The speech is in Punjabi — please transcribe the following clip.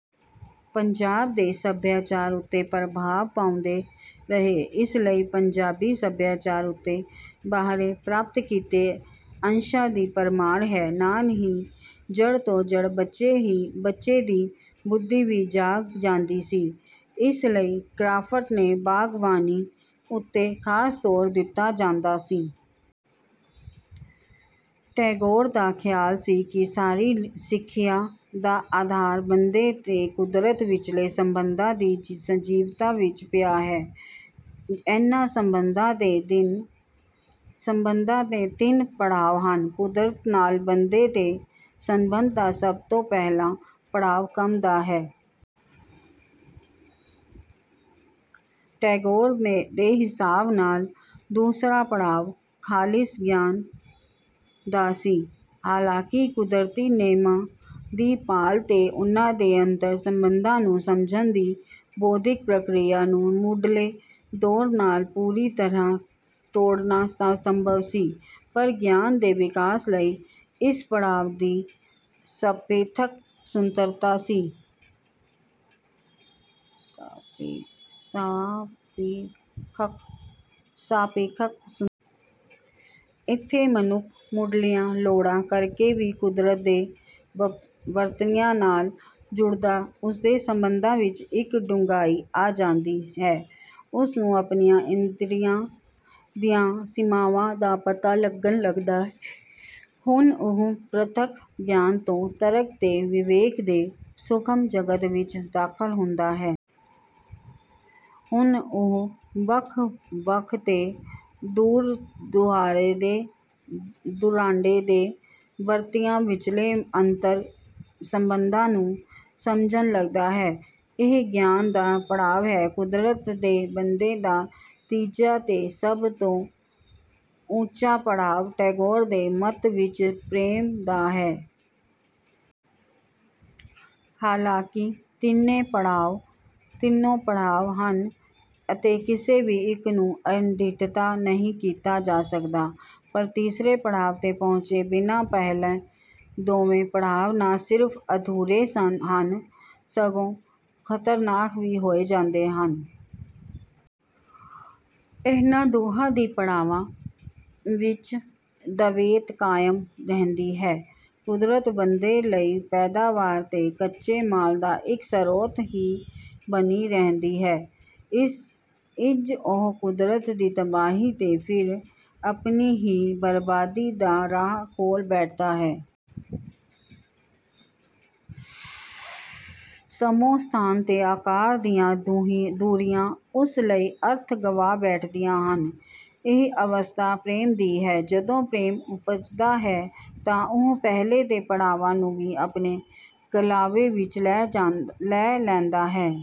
ਪੰਜਾਬ ਦੇ ਸਭਿਆਚਾਰ ਉੱਤੇ ਪ੍ਰਭਾਵ ਪਾਉਂਦੇ ਰਹੇ। ਇਸ ਲਈ ਪੰਜਾਬੀ ਸਭਿਆਚਾਰ ਉੱਤੇ ਬਾਹਰੋਂ ਪ੍ਰਾਪਤ ਕੀਤੇ ਅੰਸ਼ਾਂ ਦੀ ਭਰਮਾਰ ਹੈ। ਨਾਲ ਹੀ ਜੜ੍ਹ ਤੋਂ ਜੜ੍ਹ ਬੱਚੇ ਦੀ ਬੁੱਧੀ ਵੀ ਜਾਗ ਜਾਂਦੀ ਸੀ। ਇਸ ਲਈ ਕ੍ਰਾਫਟ ਨੇ ਬਾਗਬਾਨੀ ਉੱਤੇ ਖਾਸ ਜ਼ੋਰ ਦਿੱਤਾ ਜਾਂਦਾ ਸੀ। ਟੈਗੋਰ ਦਾ ਖ਼ਿਆਲ ਸੀ ਕਿ ਸਾਰੀ ਸਿੱਖਿਆ ਦਾ ਆਧਾਰ ਬੰਦੇ ਤੇ ਕੁਦਰਤ ਵਿਚਲੇ ਸੰਬੰਧਾਂ ਦੀ ਸੰਜੀਵਤਾ ਵਿੱਚ ਪਿਆ ਹੈ। ਇਨ੍ਹਾਂ ਸੰਬੰਧਾਂ ਦੇ ਤਿੰਨ ਪੜਾਅ ਹਨ। ਕੁਦਰਤ ਨਾਲ ਬੰਦੇ ਦੇ ਸੰਬੰਧ ਦਾ ਸਭ ਤੋਂ ਪਹਿਲਾ ਪੜਾਅ ਕੰਮ ਦਾ ਹੈ। ਟੈਗੋਰ ਦੇ ਹਿਸਾਬ ਨਾਲ ਦੂਸਰਾ ਪੜਾਅ ਖ਼ਾਲਿਸ ਗਿਆਨ ਦਾ ਸੀ। ਹਾਲਾਂਕਿ ਕੁਦਰਤੀ ਨੇਮਾਂ ਦੀ ਭਾਲ ਤੇ ਉਨ੍ਹਾਂ ਦੇ ਅੰਤਰ-ਸੰਬੰਧਾਂ ਨੂੰ ਸਮਝਣ ਦੀ ਬੌਧਿਕ ਪ੍ਰਕਿਰਿਆ ਨੂੰ ਮੁੱਢਲੇ ਦੌਰ ਨਾਲੋਂ ਪੂਰੀ ਤਰ੍ਹਾਂ ਤੋੜਣਾ ਅਸੰਭਵ ਸੀ, ਪਰ ਗਿਆਨ ਦੇ ਵਿਕਾਸ ਲਈ ਇਸ ਪੜਾਅ ਦੀ ਸਾਪੇਖਕ ਇੱਥੇ ਮਨੁੱਖ ਮੁੱਢਲੀਆਂ ਲੋੜਾਂ ਕਰਕੇ ਵੀ ਕੁਦਰਤ ਦੇ ਵਰਤਰਿਆਂ ਨਾਲ ਨਹੀਂ ਜੁੜਦਾ, ਉਸਦੇ ਸੰਬੰਧਾਂ ਵਿੱਚ ਇੱਕ ਡੂੰਘਾਈ ਆ ਜਾਂਦੀ ਹੈ। ਉਸਨੂੰ ਆਪਣੀਆਂ ਇੰਦਰੀਆਂ ਦੀਆਂ ਸੀਮਾਵਾਂ ਦਾ ਪਤਾ ਲੱਗਣ ਲੱਗਦਾ ਹੈ। ਹੁਣ ਉਹ ਪ੍ਰਤੱਖ ਗਿਆਨ ਤੋਂ ਤਰਕ ਤੇ ਵਿਵੇਕ ਦੇ ਸੂਖਮ ਜਗਤ ਵਿੱਚ ਦਾਖ਼ਲ ਹੁੰਦਾ ਹੈ। ਹੁਣ ਉਹ ਵੱਖ-ਵੱਖ ਤੇ ਦੂਰ-ਦੁਰਾੰਡੇ ਦੇ ਵਰਤਿਂਆਂ ਵਿਚਲੇ ਅੰਤਰ-ਸੰਬੰਧਾਂ ਨੂੰ ਸਮਝਣ ਲੱਗਦਾ ਹੈ। ਇਹ ਗਿਆਨ ਦਾ ਪੜਾਅ ਹੈ। ਕੁਦਰਤ ਤੇ ਬੰਦੇ ਦਾ ਤੀਜਾ ਤੇ ਸਭ ਤੋਂ ਉੱਚਾ ਪੜਾਅ, ਟੈਗੋਰ ਦੇ ਮੱਤ ਵਿੱਚ, ਪ੍ਰੇਮ ਦਾ ਹੈ। ਹਾਲਾਂਕਿ ਤਿੰਨੋਂ ਪੜਾਅ ਹਨ ਅਤੇ ਕਿਸੇ ਵੀ ਇੱਕ ਨੂੰ ਅਣਡਿੱਠਤਾ ਨਹੀਂ ਕੀਤਾ ਜਾ ਸਕਦਾ, ਪਰ ਤੀਸਰੇ ਪੜਾਅ ਤੇ ਪਹੁੰਚੇ ਬਿਨਾਂ ਪਹਿਲੇ ਦੋਵੇਂ ਪੜਾਅ ਨਾ ਸਿਰਫ਼ ਅਧੂਰੇ ਹਨ, ਸਗੋਂ ਖ਼ਤਰਨਾਕ ਵੀ ਹੋ ਜਾਂਦੇ ਹਨ। ਇਹਨਾਂ ਦੋਹਾਂ ਹੀ ਪੜਾਵਾਂ ਵਿੱਚ ਦਵੈਤ ਕਾਇਮ ਰਹਿੰਦੀ ਹੈ। ਕੁਦਰਤ ਬੰਦੇ ਲਈ ਪੈਦਾਵਾਰ ਤੇ ਕੱਚੇ ਮਾਲ ਦਾ ਇੱਕ ਸਰੋਤ ਹੀ ਬਣੀ ਰਹਿੰਦੀ ਹੈ। ਇੰਜ ਉਹ ਕੁਦਰਤ ਦੀ ਤਬਾਹੀ ਤੇ ਫਿਰ ਆਪਣੀ ਹੀ ਬਰਬਾਦੀ ਦਾ ਰਾਹ ਖੋਲ੍ਹ ਬੈਠਦਾ ਹੈ। ਸਮੋ ਸਥਾਨ ਤੇ ਆਕਾਰ ਦੀਆਂ ਦੂਰੀਆਂ ਉਸ ਲਈ ਅਰਥ ਗਵਾ ਬੈਠਦੀਆਂ ਹਨ ਇਹ ਅਵਸਥਾ ਪ੍ਰੇਮ ਦੀ ਹੈ। ਜਦੋਂ ਪ੍ਰੇਮ ਉਪਜਦਾ ਹੈ ਤਾਂ ਉਹ ਪਹਿਲੇ ਦੇ ਪੜਾਵਾਂ ਨੂੰ ਵੀ ਆਪਣੇ ਕਲਾਵੇ ਵਿੱਚ ਲੈ ਲੈਂਦਾ ਹੈ।